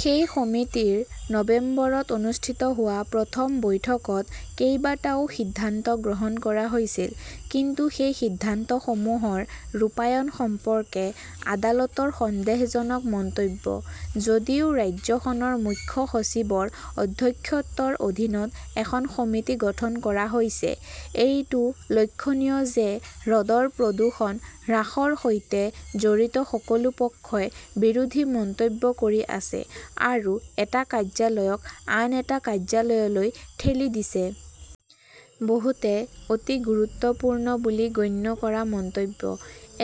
সেই সমিতিৰ নৱেম্বৰত অনুষ্ঠিত হোৱা প্ৰথম বৈঠকত কেইবাটাও সিদ্ধান্ত গ্ৰহণ কৰা হৈছিল। কিন্তু সেই সিদ্ধান্তসমূহৰ ৰূপায়ণ সম্পৰ্কে আদালতৰ সন্দেহজনক মন্তব্য-"যদিও ৰাজ্যখনৰ মুখ্য সচিবৰ অধ্যক্ষত্বৰ অধীনত এখন সমিতি গঠন কৰা হৈছে, এইটো লক্ষণীয় যে হ্ৰদৰ প্ৰদূষণ হ্ৰাসৰ সৈতে জড়িত সকলো পক্ষই বিৰোধী মন্তব্য কৰি আছে আৰু এটা কাৰ্যালয়ক আন এটা কাৰ্যালয়লৈ ঠেলি দিছে। বহুতে অতি গুৰুত্বপূৰ্ণ বুলি গণ্য কৰা মন্তব্য।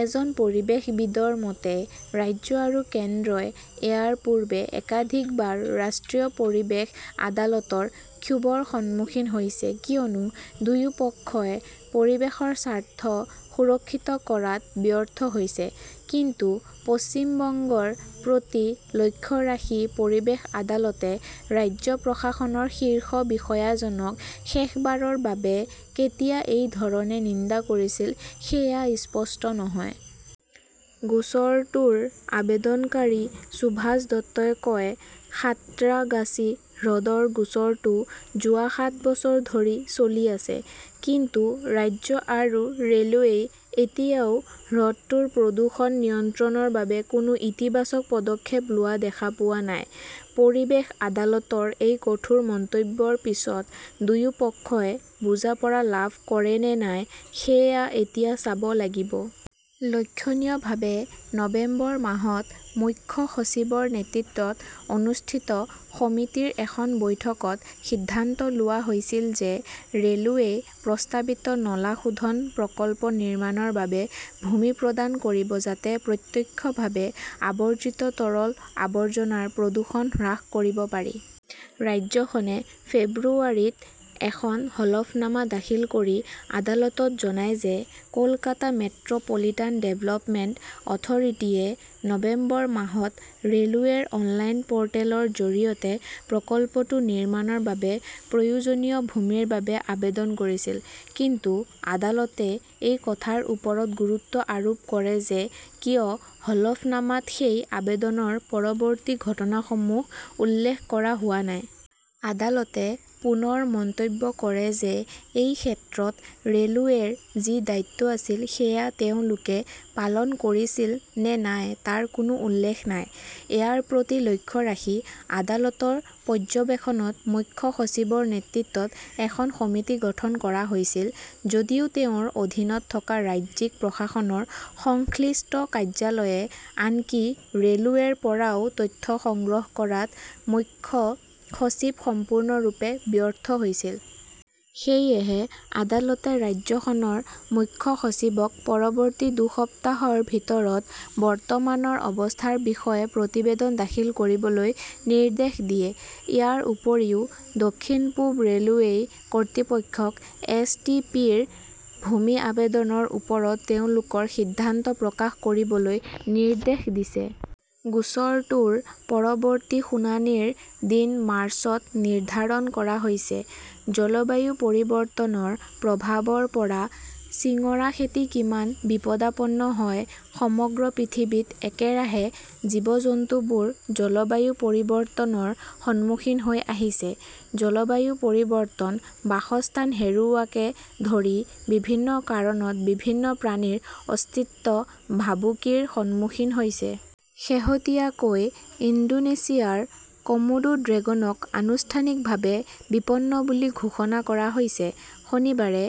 এজন পৰিৱেশবিদৰ মতে, ৰাজ্য আৰু কেন্দ্ৰই ইয়াৰ পূৰ্বে একাধিকবাৰ ৰাষ্ট্ৰীয় পৰিৱেশ আদালতৰ ক্ষোভৰ সন্মুখীন হৈছে কিয়নো দুয়োপক্ষই পৰিৱেশৰ স্বাৰ্থ সুৰক্ষিত কৰাত ব্যৰ্থ হৈছে। কিন্তু পশ্চিম বংগৰ প্ৰতি লক্ষ্য ৰাখি পৰিৱেশ আদালতে ৰাজ্য প্ৰশাসনৰ শীৰ্ষ বিষয়াজনক শেষবাৰৰ বাবে কেতিয়া এই ধৰণে নিন্দা কৰিছিল সেয়া স্পষ্ট নহয়। গোচৰটোৰ আবেদনকাৰী সুভাষ দত্তই কয়, সাঁত্ৰাগাছী হ্ৰদৰ গোচৰটো যোৱা সাত বছৰ ধৰি চলি আছে। কিন্তু ৰাজ্য আৰু ৰে’লৱেই এতিয়াও হ্ৰদটোৰ প্ৰদূষণ নিয়ন্ত্ৰণৰ বাবে কোনো ইতিবাচক পদক্ষেপ লোৱা দেখা পোৱা নাই। পৰিৱেশ আদালতৰ এই কঠোৰ মন্তব্যৰ পিছত দুয়োপক্ষই বুজাপৰা লাভ কৰে নে নাই সেয়া এতিয়া চাব লাগিব। লক্ষণীয়ভাৱে, নৱেম্বৰ মাহত মুখ্য সচিবৰ নেতৃত্বত অনুষ্ঠিত সমিতিৰ এখন বৈঠকত সিদ্ধান্ত লোৱা হৈছিল যে ৰে’লৱেই প্ৰস্তাৱিত নলা শোধন প্ৰকল্প নিৰ্মাণৰ বাবে ভূমি প্ৰদান কৰিব যাতে প্ৰত্যক্ষভাৱে আৱৰ্জিত তৰল আৱৰ্জনাৰ প্ৰদূষণ হ্ৰাস কৰিব পাৰি। ৰাজ্যখনে ফেব্ৰুৱাৰীত এখন হলফনামা দাখিল কৰি আদালতত জনায় যে কলকাতা মেট্ৰ 'পলিটান ডেভেলপমেণ্ট অথৰিটিয়ে নৱেম্বৰ মাহত ৰে' লৱেৰ অনলাইন প 'ৰ্টেলৰ জৰিয়তে প্ৰকল্পটো নিৰ্মাণৰ বাবে প্ৰয়োজনীয় ভূমিৰ বাবে আবেদন কৰিছিল। কিন্তু আদালতে এই কথাৰ ওপৰত গুৰুত্ব আৰোপ কৰে যে কিয় হলফনামাত সেই আবেদনৰ পৰৱৰ্তী ঘটনাসমূহ উল্লেখ কৰা হোৱা নাই। আদালতে পুনৰ মন্তব্য কৰে যে এই ক্ষেত্ৰত ৰে’লৱেৰ যি দায়িত্ব আছিল সেয়া তেওঁলোকে পালন কৰিছিল নে নাই তাৰ কোনো উল্লেখ নাই। ইয়াৰ প্ৰতি লক্ষ্য ৰাখি, আদালতৰ পৰ্যবেক্ষণত মুখ্য সচিবৰ নেতৃত্বত এখন সমিতি গঠন কৰা হৈছিল যদিও তেওঁৰ অধীনত থকা ৰাজ্যিক প্ৰশাসনৰ সংশ্লিষ্ট কাৰ্যালয়ে আনকি ৰে "লৱেৰ পৰাও তথ্য সংগ্ৰহ কৰাত মুখ্য সচিব সম্পূৰ্ণৰূপে ব্যৰ্থ হৈছিল। সেয়েহে আদালতে ৰাজ্যখনৰ মুখ্য সচিবক পৰৱৰ্তী দুসপ্তাহৰ ভিতৰত বৰ্তমানৰ অৱস্থাৰ বিষয়ে প্ৰতিবেদন দাখিল কৰিবলৈ নিৰ্দেশ দিয়ে। ইয়াৰ উপৰিও, দক্ষিণ-পূব ৰে’লৱেই কৰ্তৃপক্ষক এছ. টি. পি. ৰ ভূমি আবেদনৰ ওপৰত তেওঁলোকৰ সিদ্ধান্ত প্ৰকাশ কৰিবলৈ নিৰ্দেশ দিছে। গোচৰটোৰ পৰৱৰ্তী শুনানিৰ দিন মাৰ্চত নিৰ্ধাৰণ কৰা হৈছে। জলবায়ু পৰিৱৰ্তনৰ প্ৰভাৱৰ পৰা চিংৰা খেতি কিমান বিপদাপন্ন হয় সমগ্ৰ পৃথিৱীত একেৰাহে জীৱ-জন্তুবোৰ জলবায়ু পৰিৱৰ্তনৰ সন্মুখীন হৈ আহিছে। জলবায়ু পৰিৱৰ্তন, বাসস্থান হেৰুওৱাকে ধৰি বিভিন্ন কাৰণত বিভিন্ন প্ৰাণীৰ অস্তিত্ব ভাবুকিৰ সন্মুখীন হৈছে। শেহতীয়াকৈ ইণ্ডোনেছিয়াৰ কমোডো ড্ৰেগনক আনুষ্ঠানিকভাৱে বিপন্ন বুলি ঘোষণা কৰা হৈছে। শনিবাৰে